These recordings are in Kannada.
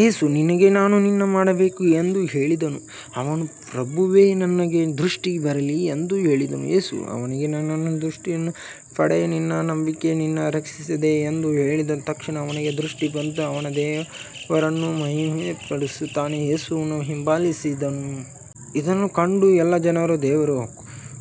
ಯೇಸು ನಿನಗೆ ನಾನು ಏನು ಮಾಡಬೇಕು ಎಂದು ಕೇಳಿದನು. ಅವನು ಪ್ರಭುವೇ, ನನಗೆ ದೃಷ್ಟಿ ಬರಲಿ ಎಂದು ಹೇಳಿದನು. ಯೇಸು ಅವನಿಗೆ, ನಿನ್ನ ದೃಷ್ಟಿಯನ್ನು ಪಡೆ, ನಿನ್ನ ನಂಬಿಕೆಯು ನಿನ್ನನ್ನು ರಕ್ಷಿಸಿದೆ ಎಂದು ಹೇಳಿದನು. ತಕ್ಷಣ ಅವನಿಗೆ ದೃಷ್ಟಿ ಬಂತು, ಅವನು ದೇವರನ್ನು ಮಹಿಮೆಪಡಿಸುತ್ತಾ ಯೇಸುವನ್ನು ಹಿಂಬಾಲಿಸಿದನು. ಇದನ್ನು ಕಂಡ ಎಲ್ಲ ಜನರು ದೇವರನ್ನು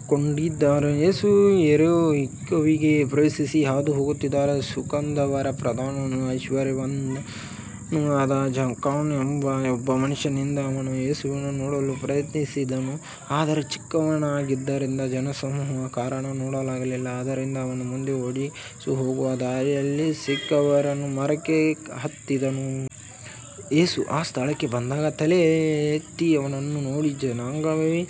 ಕೊಂಡಾಡಿದರು. ಯೇಸು ಯೆರಿಕೋವಿಗೆ ಪ್ರವೇಶಿಸಿ ಹಾದುಹೋಗುತ್ತಿದ್ದಾಗ, ಸುಂಕದವರ ಪ್ರಧಾನನೂ ಐಶ್ವರ್ಯವಂತನೂ ಆದ ಜಕ್ಕಾಯನೆಂಬ ಒಬ್ಬ ಮನುಷ್ಯನಿದ್ದನು. ಅವನು ಯೇಸುವನ್ನು ನೋಡಲು ಪ್ರಯತ್ನಿಸಿದನು, ಆದರೆ ಚಿಕ್ಕವನಾಗಿದ್ದರಿಂದ ಜನಸಮೂಹದ ಕಾರಣ ನೋಡಲಾಗಲಿಲ್ಲ. ಆದ್ದರಿಂದ ಅವನು ಮುಂದೆ ಓಡಿ, ಯೇಸು ಹೋಗುವ ದಾರಿಯಲ್ಲಿದ್ದ ಸಿಕಮೋರ್ ಮರಕ್ಕೆ ಹತ್ತಿದನು. ಯೇಸು ಆ ಸ್ಥಳಕ್ಕೆ ಬಂದಾಗ ತಲೆಯೆತ್ತಿ ಅವನನ್ನು ನೋಡಿ, ಜಕ್ಕಾಯನೇ,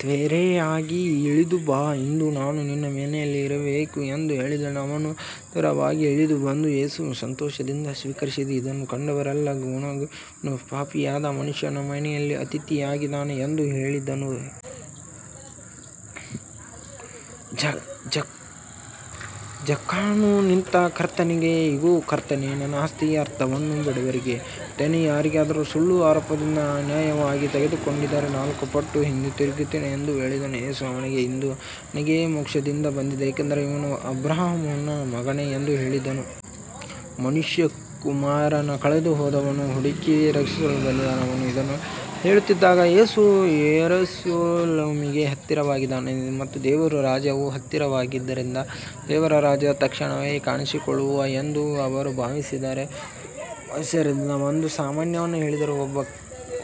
ತ್ವರೆಯಾಗಿ ಇಳಿದು ಬಾ, ಇಂದು ನಾನು ನಿನ್ನ ಮನೆಯಲ್ಲಿ ಇರಬೇಕು ಎಂದು ಹೇಳಿದನು. ಅವನು ಆತುರವಾಗಿ ಇಳಿದು ಬಂದು ಯೇಸುವನ್ನು ಸಂತೋಷದಿಂದ ಸ್ವೀಕರಿಸಿದನು. ಇದನ್ನು ಕಂಡವರೆಲ್ಲರೂ ಗೊಣಗಿ, ಅವನು ಪಾಪಿಯಾದ ಮನುಷ್ಯನ ಮನೆಯಲ್ಲಿ ಅತಿಥಿಯಾಗಿದ್ದಾನೆ ಎಂದು ಹೇಳಿದರು. ಜಕ್ಕಾಯನು ನಿಂತು ಕರ್ತನಿಗೆ, ಇಗೋ ಕರ್ತನೇ, ನನ್ನ ಆಸ್ತಿಯ ಅರ್ಧವನ್ನು ಬಡವರಿಗೆ ಕೊಡುತ್ತೇನೆ. ಯಾರಿಗಾದರೂ ಸುಳ್ಳು ಆರೋಪದಿಂದ ಅನ್ಯಾಯವಾಗಿ ತೆಗೆದುಕೊಂಡಿದ್ದರೆ ನಾಲ್ಕು ಪಟ್ಟು ಹಿಂದಿರುಗಿಸುತ್ತೇನೆ ಎಂದು ಹೇಳಿದನು. ಯೇಸು ಅವನಿಗೆ, ಇಂದು ಈ ಮನೆಗೆ ಮೋಕ್ಷ ಬಂದಿದೆ, ಏಕೆಂದರೆ ಇವನೂ ಅಬ್ರಹಾಮನ ಮಗನೇ ಎಂದು ಹೇಳಿದನು. ಮನುಷ್ಯಕುಮಾರನು ಕಳೆದುಹೋದದ್ದನ್ನು ಹುಡುಕಿ ರಕ್ಷಿಸಲು ಬಂದಿದ್ದಾನೆ. ಅವರು ಇದನ್ನು ಕೇಳುತ್ತಿದ್ದಾಗ, ಯೇಸು ಯೆರೂಸಲೇಮಿಗೆ ಹತ್ತಿರವಾಗಿದ್ದರಿಂದ ಮತ್ತು ದೇವರ ರಾಜ್ಯವು ತಕ್ಷಣವೇ ಕಾಣಿಸಿಕೊಳ್ಳುತ್ತದೆ ಎಂದು ಅವರು ಭಾವಿಸಿದ್ದರಿಂದ ಒಂದು ಸಾಮ್ಯವನ್ನು ಹೇಳಿದನು.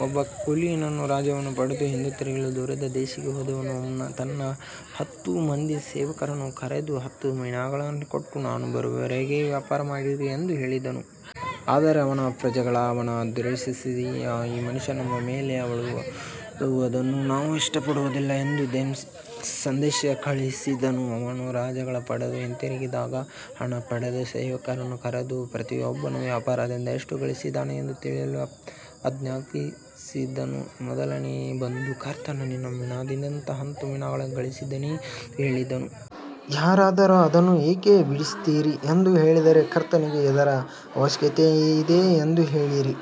ಒಬ್ಬ ಕುಲೀನನು ರಾಜ್ಯವನ್ನು ಪಡೆದು ಹಿಂದಿರುಗಲು ದೂರದ ದೇಶಕ್ಕೆ ಹೋದನು. ಅವನು ತನ್ನ ಹತ್ತು ಮಂದಿ ಸೇವಕರನ್ನು ಕರೆದು ಹತ್ತು ಮಿನಾಗಳನ್ನು ಕೊಟ್ಟು, ನಾನು ಬರುವವರೆಗೆ ವ್ಯಾಪಾರ ಮಾಡಿರಿ ಎಂದು ಹೇಳಿದನು. ಆದರೆ ಅವನ ಪ್ರಜೆಗಳು ಅವನನ್ನು ದ್ವೇಷಿಸಿ, ಈ ಮನುಷ್ಯನು ನಮ್ಮ ಮೇಲೆ ಆಳುವುದನ್ನು ನಾವು ಇಷ್ಟಪಡುವುದಿಲ್ಲ ಎಂದು ಸಂದೇಶ ಕಳುಹಿಸಿದರು. ಅವನು ರಾಜ್ಯವನ್ನು ಪಡೆದು ಹಿಂದಿರುಗಿದಾಗ, ಹಣ ಪಡೆದ ಸೇವಕರನ್ನು ಕರೆದು ಪ್ರತಿಯೊಬ್ಬನು ವ್ಯಾಪಾರದಿಂದ ಎಷ್ಟು ಗಳಿಸಿದ್ದಾನೆಂದು ತಿಳಿಯಲು ಆಜ್ಞಾಪಿಸಿದನು. ಮೊದಲನೆಯವನು ಬಂದು, ಕರ್ತನೇ, ನಿನ್ನ ಮಿನಾದಿಂದ ಹತ್ತು ಮಿನಾಗಳು ಗಳಿಸಿದ್ದೇನೆ ಎಂದು ಹೇಳಿದನು. ಯಾರಾದರೂ, ಅದನ್ನು ಏಕೆ ಬಿಡಿಸುತ್ತೀರಿ ಎಂದು ಕೇಳಿದರೆ, ಕರ್ತನಿಗೆ ಇದರ ಅವಶ್ಯಕತೆಯಿದೆ ಎಂದು ಹೇಳಿರಿ.